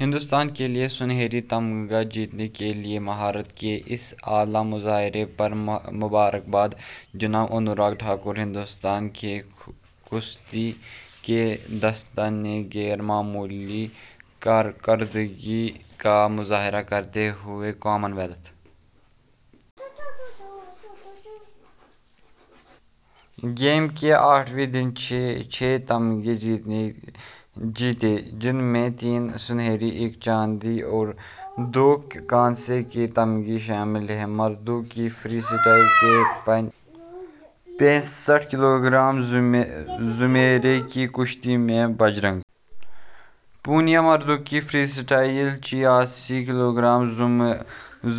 ہندوستان کے لیے طلائی تمغہ جیتنے کے لیے مہارت کے اس اعلی مظاہرے پر مبارکباد جناب انوراگ ٹھاکر ہندوستان کے کشتی کے دستے نے غیر معمولی کارکردگی کا مظاہرہ کرتے ہوئے کامن ویلتھ گیم کے آٹھویں دن چھ تمغے جیتے جن میں تین طلائی ایک چاندی اور دو کانسے کے تمغے شامل ہیں مردوں کی فری اسٹائل کے پینسٹھ کلو گرام زمرے کی کشتی میں بجرنگ پونیا مردوں کی فری اسٹائل چھیاسی کلو گرام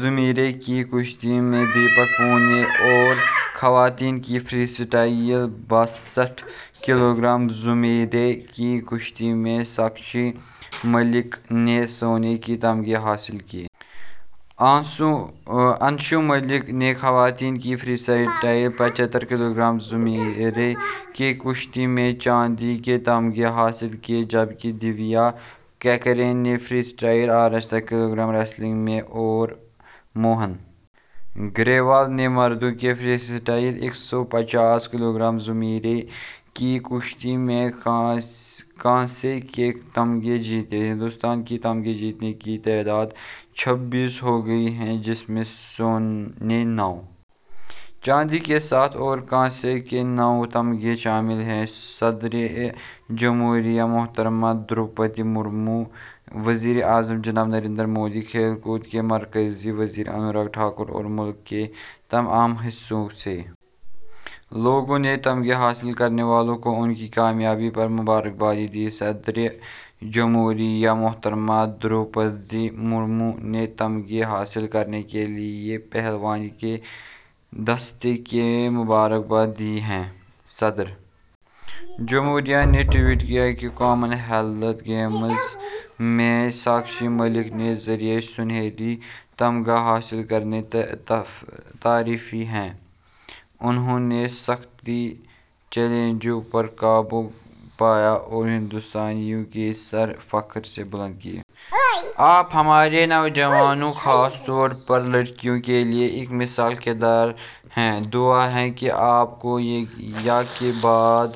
زمرے کی کشتی میں دیپک پونیا اور خواتین کی فری اسٹائل باسٹھ کلو گرام زمرے کی کشتی میں ساکشی ملک نے سونے کے تمغے حاصل کیے انشو ملک نے خواتین کے فری اسٹائل پچھتر کلو گرام زمرے کی کشتی میں چاندی کا تمغہ حاصل کیا جبکہ دیویا کاکران نے فری اسٹائل اڑسٹھ کلو گرام ریسلنگ میں اور موہن گریوال نے مردوں کے فری اسٹائل ایک سو پچیس کلو گرام زمرے کی کشتی میں کانسے کے تمغے جیتے ہندوستان کی تمغے جیتنے کی تعداد چھبیس ہو گئی ہے جس میں سونے نو چاندی کے آٹھ اور کانسے کے نو تمغے شامل ہیں صدر جمہوریہ محترمہ دروپدی مرمو وزیر اعظم جناب نریندر مودی کھیل کود کے مرکزی وزیر انوراگ ٹھاکر اور ملک کے تمام حصوں سے لوگوں نے تمغہ حاصل کرنے والوں کو ان کی کامیابی پر مبارکباد دی ہے صدر جمہوریہ محترمہ دروپدی مرمو نے تمغے حاصل کرنے کے لیے پہلوانی کے دستے کو مبارکباد دی ہے صدر جمہوریہ نے ٹوئٹ کیا کامن ویلتھ گیمز میں ساکشی ملک کے ذریعے طلائی تمغہ حاصل کرنا تعریفی ہے انہوں نے سخت چیلنجوں پر قابو پایا اور ہندوستانیوں کا سر فخر سے بلند کیا ہے آپ ہمارے نوجوانوں خاص طور پر لڑکیوں کے لیے ایک مثالی کردار ہیں دعا ہے کہ آپ کو یکے بعد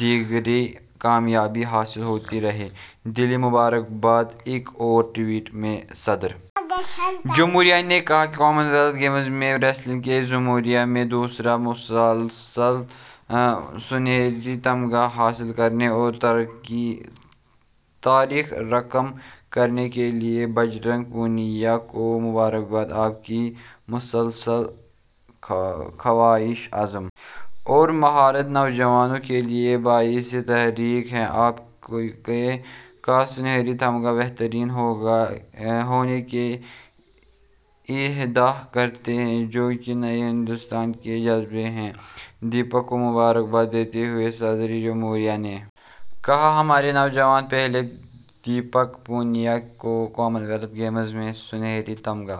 دیگرے کامیابی حاصل ہوتی رہے دلی مبارکباد ایک اور ٹوئٹ میں صدر جمہوریہ نے کہا کہ کامن ویلتھ گیمز میں ریسلنگ کے زمرے میں دوسرا مسلسل طلائی تمغہ حاصل کرنے اور تاریخ رقم کرنے کے لیے بجرنگ پونیا کو مبارکباد آپ کی مسلسل کاوش عزم اور مہارت نوجوانوں کے لیے باعث تحریک ہے آپ کا طلائی تمغہ بہترین ہونے کا اعادہ کرتا ہے جو کہ نئے ہندوستان کا جذبہ ہے دیپک کو مبارکباد دیتے ہوئے صدر جمہوریہ نے کہا ہمارے نوجوان پہلوان دیپک پونیا کو کامن ویلتھ گیمز میں طلائی تمغہ